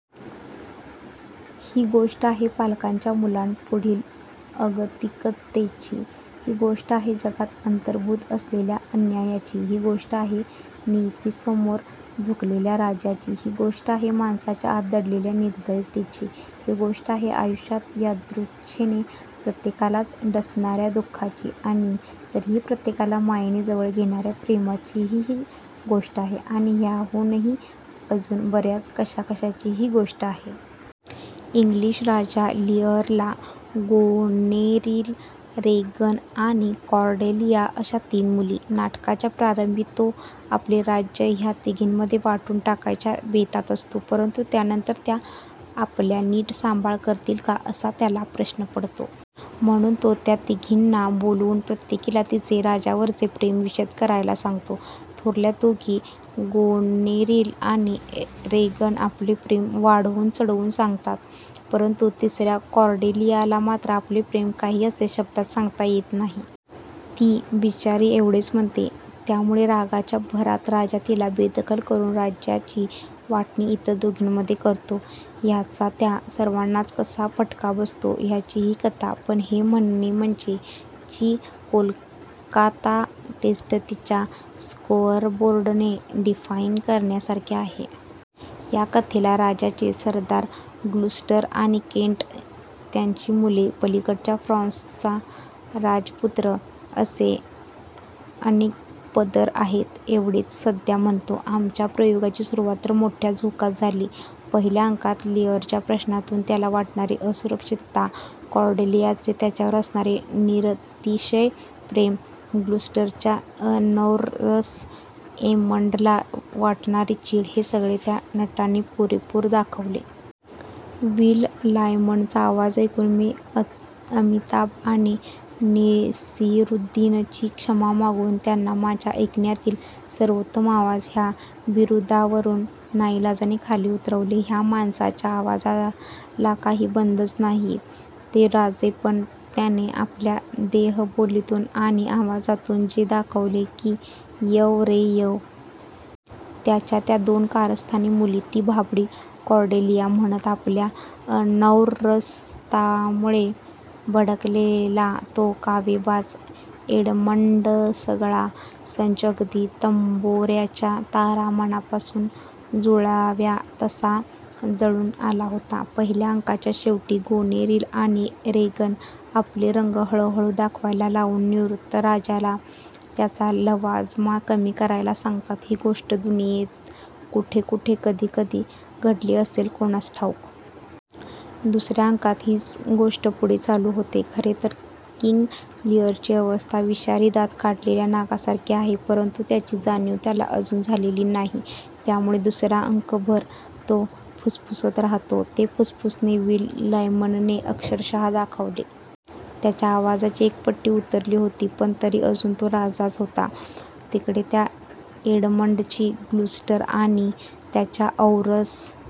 ही गोष्ट आहे पालकांच्या मुलांपुढील अगतिकतेची, ही गोष्ट आहे जगात अंतर्भूत असलेल्या अन्यायाची, ही गोष्ट आहे नियतीसमोर झुकलेल्या राजाची, ही गोष्ट आहे माणसाच्या आत दडलेल्या निर्दयतेची, ही गोष्ट आहे आयुष्यात यादृच्छेने प्रत्येकालाच डसणार्या दु:खाची, आणि तरीही प्रत्येकाला मायेने जवळ घेणार्या प्रेमाचीही ही गोष्ट आहे; आणि ह्याहूनही अजून बर्याच कशाकशाची ही गोष्ट आहे. इंग्लिश राजा लीअरला गोनेरील, रेगन, आणि कॉर्डेलिया अशा तीन मुली. नाटकाच्या प्रारंभी तो आपले राज्य ह्या तिघींमध्ये वाटून टाकायच्या बेतात असतो. परंतु त्यानंतर त्या आपला नीट सांभाळ करतील का, असा त्याला प्रश्न पडतो. म्हणून तो त्या तिघींना बोलवून प्रत्येकीला तिचे राजावरचे प्रेम विशद करायला सांगतो. थोरल्या दोघी गोनेरील आणि रेगन आपले प्रेम वाढवून-चढवून सांगतात, परंतु तिसर्या कॉर्डेलियाला मात्र आपले प्रेम काही असे शब्दांत सांगता येत नाही. ती बिचारीएवढेच म्हणते. त्यामुळे रागाच्या भरात राजा तिला बेदखल करून राज्याची वाटणी इतर दोघींमध्ये करतो. ह्याचा त्या सर्वांनाच कसा फटका बसतो, ह्याची ही कथा. पण हे म्हणणे म्हणजे ची कोलकाता टेस्ट तिच्या स्कोअरबोर्डने डिफाईन करण्यासारखे आहे. ह्या कथेला राजाचे सरदार ग्लुस्टर आणि केंट, त्यांची मुले, पलीकडच्या फ्रान्सचा राजपुत्र असे अनेक पदर आहेत एवढेच सध्या म्हणतो. आमच्या प्रयोगाची सुरूवात तर मोठ्या झोकात झाली. पहिल्या अंकात लीअरच्या प्रश्नातून त्याला वाटणारी असुरक्षितता, कॉर्डेलियाचे त्याच्यावर असणारे निरतिशय प्रेम, ग्लुस्टरच्या अनौरस एडमंडला वाटणारी चीड हे सगळे त्या नटांनी पुरेपूर दाखवले. विल लायमनचा आवाज ऐकून मी अमिताभ आणि नसीरुद्दीनची क्षमा मागून त्यांना माझ्या ऐकण्यातील सर्वोत्तम आवाज ह्या बिरुदावरून नाईलाजाने खाली उतरवले. ह्या माणसाच्या आवाजाला काही बंधच नाही. ते राजेपण त्याने आपल्या देहबोलीतून आणि आवाजातून जे दाखवले की यंव रे यंव! त्याच्या त्या दोन कारस्थानी मुली, ती भाबडी कॉर्डेलिया, "?" म्हणत आपल्या अनौरसत्वामुळे भडकलेला तो कावेबाज एडमंडसगळा संच अगदी तंबोर्याच्या तारा मनापासून जुळाव्या तसा जुळून आला होता. पहिल्या अंकाच्या शेवटी गोनेरील आणि रेगन आपले रंग हळूहळू दाखवायला लागून निवृत्त राजाला त्याचा लवाजमा कमी करायला सांगतात, ही गोष्ट दुनियेत कुठेकुठे कधीकधी घडली असेल कोणास ठाऊक! दुसर्या अंकात हीच गोष्ट पुढे चालू होते. खरेतर किंग लीअरची अवस्था विषारी दात काढलेल्या नागासारखी आहे, परंतु त्याची जाणीव त्याला अजून झालेली नाही. त्यामुळे दुसरा अंकभर तो फुसफुसत राहतो. हे फुसफुसणे विल लायमनने अक्षरशः दाखवले. त्याच्या आवाजाची एक पट्टी उतरली होती, पण तरी अजून तो राजाच होता. तिकडे त्या एडमंडची ग्लुस्टर आणि त्याच्या औरस